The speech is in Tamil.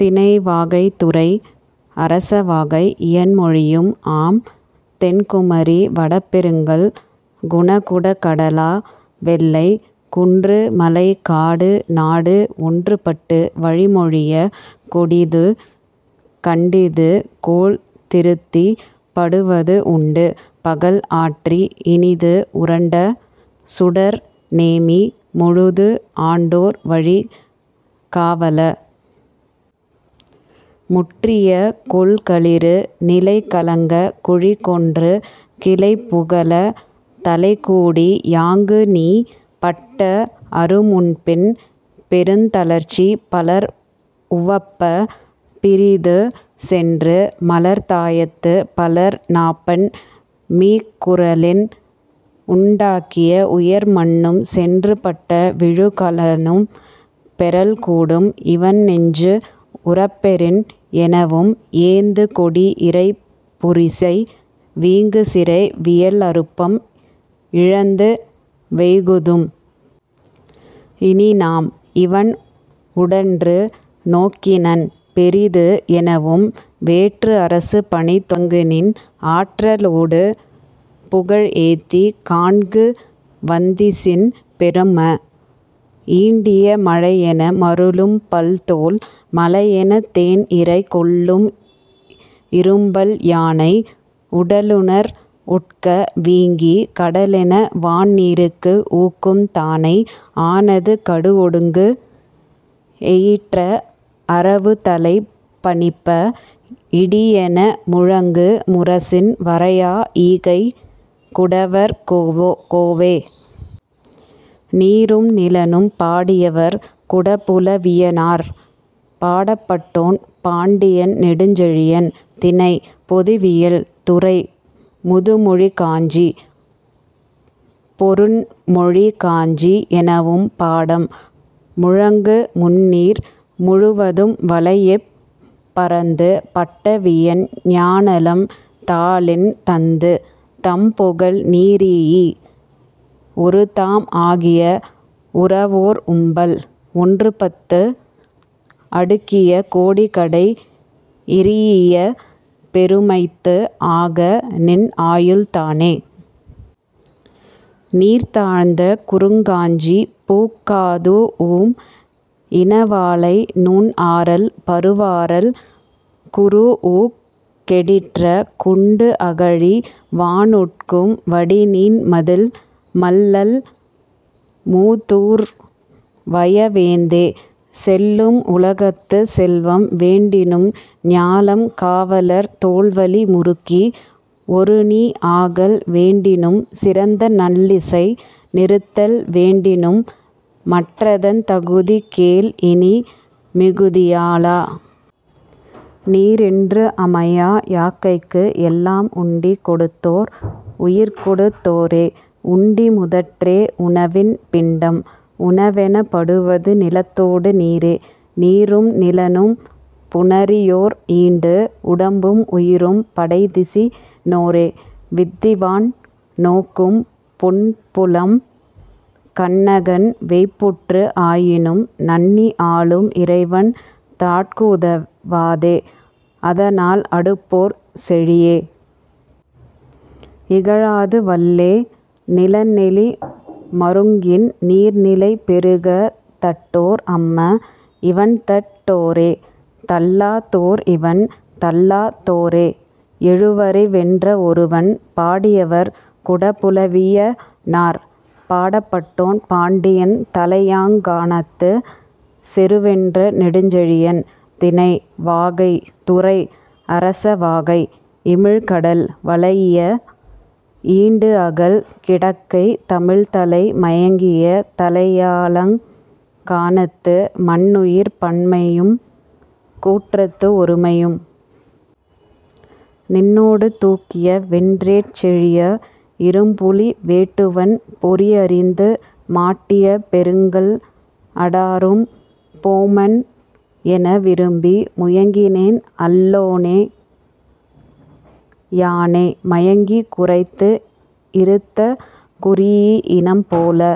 திணை; வாகை. துறை: அரசவாகை; இயன்மொழியும் ஆம். தென் குமரி, வட பெருங்கல், குண குட கடலா வெல்லை,। குன்று, மலை, காடு, நாடு ஒன்று பட்டு வழி மொழியக், கொடிது கடிந்து, கோல் திருத்திப், படுவது உண்டு, பகல் ஆற்றி, இனிது உருண்ட சுடர் நேமி முழுது ஆண்டோர் வழி காவல! முற்றிய கொல் களிறு, நிலை கலங்கக் குழி கொன்று, கிளை புகலத் தலைக்கூடி யாங்கு நீ பட்ட அரு முன்பின், பெருந் தளர்ச்சி, பலர் உவப்பப், பிறிது சென்று, மலர் தாயத்துப் பலர் நாப்பண் மீக் கூறலின், 'உண் டாகிய உயர் மண்ணும், சென்று பட்ட விழுக் கலனும், பெறல் கூடும், இவன்நெஞ்சு உறப்பெறின்'எனவும், 'ஏந்து கொடி இறைப் புரிசை, வீங்கு சிறை, வியல் அருப்பம், இழந்து வைகுதும். இனிநாம்; இவன் உடன்று நோக்கினன், பெரிது' எனவும், வேற்று அரசு பணி தொடங்குநின் ஆற்ற லொடு புகழ் ஏத்திக், காண்கு வந்திசின், பெரும! ஈண்டிய மழையென மருளும் பல் தோல், மலையெனத் தேன்இறை கொள்ளும் இரும்பல் யானை, உடலுநர் உட்க வீங்கிக், கடலென வான்நீர்க்கு ஊக்கும் தானை, ஆனாது கடுஒடுங்கு எயிற்ற அரவுத்தலை பனிப்ப, இடியென முழங்கு முரசின், வரையா ஈகைக் குடவர் கோவே!. நீரும் நிலனும்! பாடியவர்; குடபுலவியனார். பாடப்பட்டோன்: பாண்டியன் நெடுஞ்செழியன். திணை: பொதுவியல். துறை: முதுமொழிக் காஞ்சி: பொருண்மொழிக் காஞ்சி எனவும் பாடம். முழங்கு முந்நீர் முழுவதும் வளைஇப் பரந்து பட்ட வியன் ஞாலம் தாளின் தந்து, தம்புகழ் நிறீஇ: ஒருதாம் ஆகிய உரவோர் உம்பல்! ஒன்றுபத்து அடுக்கிய கோடிகடை இரீஇய பெருமைத்து ஆக நின் ஆயுள் தானே! நீர்த் தாழ்ந்த குறுங் காஞ்சிப் பூக் கதூஉம் இன வாளை, நுண் ஆரல், பரு வரால், குரூஉக் கெடிற்ற, குண்டு அகழி; வான் உட்கும் வடிநீண் மதில்; மல்லல் மூதூர் வய வேந்தே! செல்லும் உலகத்துச் செல்வம் வேண்டினும், ஞாலம் காவலர் தோள்வலி முருக்கி, ஒருநீ ஆகல் வேண்டினும், சிறந்த நல்இசை நிறுத்தல் வேண்டினும், மற்றதன் தகுதி கேள், இனி, மிகுதியாள! நீர்இன்று அமையா யாக்கைக்கு எல்லாம் உண்டி கொடுத்தோர் உயிர்கொடுத் தோரே; உண்டி முதற்றே உணவின் பிண்டம்; உணவெனப் படுவது நிலத்தோடு நீரே; நீரும் நிலனும் புணரியோர் ஈண்டு உடம்பும் உயிரும் படைத்திசி னோரே; வித்திவான் நோக்கும் புன்புலம் கண்ணகன் வைப்புற்று ஆயினும், நண்ணி ஆளும் இறைவன் தாட்குஉத வாதே; அதனால், அடுபோர்ச் செழிய! இகழாது வல்லே நிலன்நெளி மருங்கின் நீர்நிலை பெருகத் தட்டோர் அம்ம, இவண்தட் டோரே; தள்ளா தோர்இவண் தள்ளா தோரே.. எழுவரை வென்ற ஒருவன்! பாடியவர்: குடபுலவியனார். பாடப்பட்டோன்: பாண்டியன் தலையாலங்கானத்துச் செருவென்ற நெடுஞ்செழியன். திணை: வாகை. துறை: அரசவாகை. இமிழ்கடல் வளைஇய ஈண்டுஅகல் கிடக்கைத் தமிழ்தலை மயங்கிய தலையாலங் கானத்து, மன்உயிர்ப் பன்மையும், கூற்றத்து ஒருமையும். நின்னொடு தூக்கிய வென்வேற் செழிய! 'இரும்புலி வேட்டுவன் பொறிஅறிந்து மாட்டிய பெருங்கல் அடாரும் போன்ம் என விரும்பி, முயங்கினேன் அல்லனோ யானே! மயங்கிக் குன்றத்து இறுத்த குரீஇஇனம் போல,